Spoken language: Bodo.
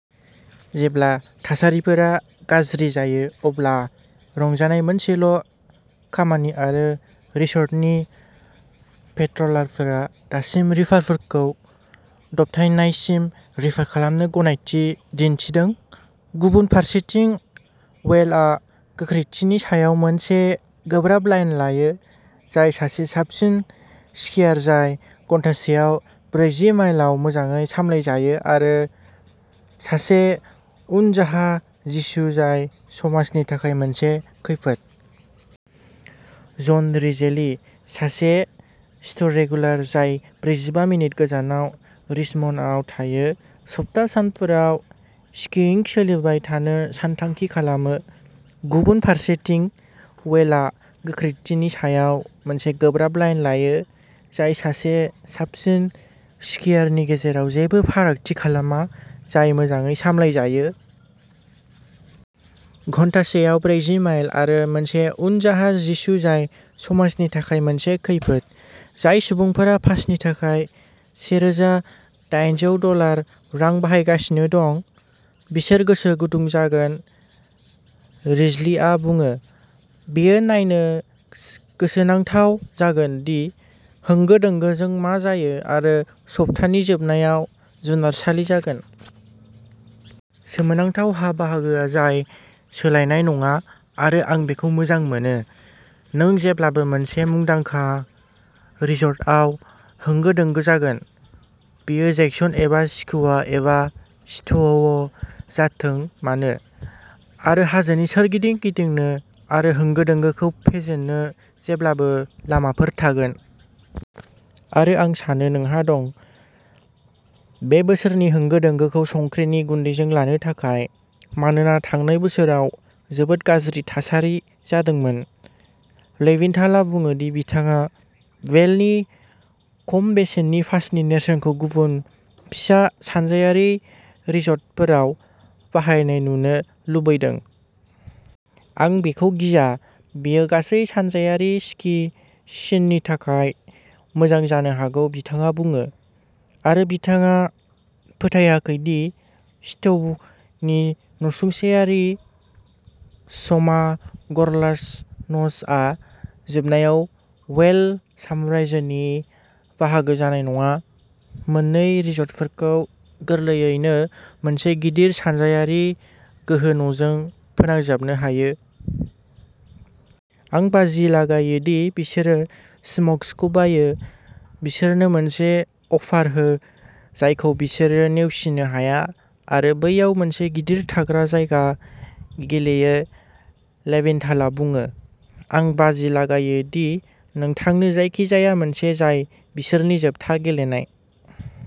जेब्ला थासारिफोरा गाज्रि जायो, अब्ला रंजानाय मोनसेल' खामानि आरो रिसर्टनि पेट्रलारफोरा दासिम रिपारफोरखौ दबथायनायसिम रिपार खालामनो गनायथि दिन्थिदों। गुबुन फारसेथिं, वेलआ गोख्रैथिनि सायाव मोनसे गोब्राब लाइन लायो, जाय सासे साबसिन स्कियार जाय घन्टासेआव ब्रैजि माइलआव मोजाङै सामलायजायो आरो सासे उनजाहा जिसु जाय समाजनि थाखाय मोनसे खैफोद। जन रिजेलि, सासे स्ट'रेगुलार जाय ब्रैजिबा मिनिट गोजानाव रिचमन्डआव थायो, सप्ता सानफोराव स्कीइंगखौ सोलिहोबाय थानो सानथांखि खालामो। गुबुन फारसेथिं, वेलआ गोख्रैथिनि सायाव मोनसे गोब्राब लाइन लायो, जाय सासे साबसिन स्कियारनि गेजेराव जेबो फारागथि खालामा जाय मोजाङै सामलायजायो। घन्टासेआव ब्रैजि माइल आरो मोनसे उनजाहा जिसु जाय समाजनि थाखाय मोनसे खैफोद। जाय सुबुंफोरा पासनि थाखाय से रोजा दायेनजौ डलार रां बाहायगासिनो दं, बिसोर गोसो गुदुं जागोन रिजलिआ बुङो। बेयो नायनो गोसोनांथाव जागोन दि होंगो-दोंगोजों मा जायो, आरो सप्तानि जोबनायाव जुनारसालि जागोन। "सोमोनांथाव हा-बाहागोआ-जाय सोलायनाय नङा, आरो आं बेखौ मोजां मोनो। नों जेब्लाबो मोनसे मुंदांखा रिसर्टआव होंगो-दोंगो जागोन, बेयो जेक्सन एबा स्कुवा एबा स्ट'व जाथों मानो। आरो हाजोनि सोरगिदिं गिदिंनो आरो होंगो-दोंगोखौ फेजेननो जेब्लाबो लामाफोर थागोन। आरो आं सानो नोंहा दं। बे बोसोरनि होंगो-दोंगोखौ संख्रिनि गुन्दैजों लानो थाखाय, मानोना थांनाय बोसोराव जोबोद गाज्रि थासारि जादोंमोन। लेभिथालआ बुङो दि बिथाङा भेलनि खम बेसेननि पासनि नेरसोनखौ गुबुन, फिसा सानजायारि रिसर्टफोराव बाहायनाय नुनो लुबैदों। आं बेखौ गिया बेयो गासै सानजायारि स्की सिननि थाखाय मोजां जानो हागौ बिथाङा बुङो। आरो बिथाङा फोथायाखै दि स्ट'वनि नसुंसेयारि, स्मागर्सला'नचआ, जोबनायाव वेल साम्रायजोनि बाहागो जानाय नङा। मोन्नै रिसर्टफोरखौ गोरलैयैनो मोनसे गिदिर सानजायारि गोहो न'जों फोनांजाबनो हायो। आं बाजि लागायो दि बिसोरो स्मग्सखौ बायो बिसोरनो मोनसे अफार हो जायखौ बिसोरो नेवसिनो हाया आरो बैयाव मोनसे गिदिर थाग्रा जायगा गेलेयो लेभिनथालआ बुङो। आं बाजि लागायो दि नोंथांनो जायखिजाया मोनसे जाय बिसोरनि जोबथा गेलेनाय।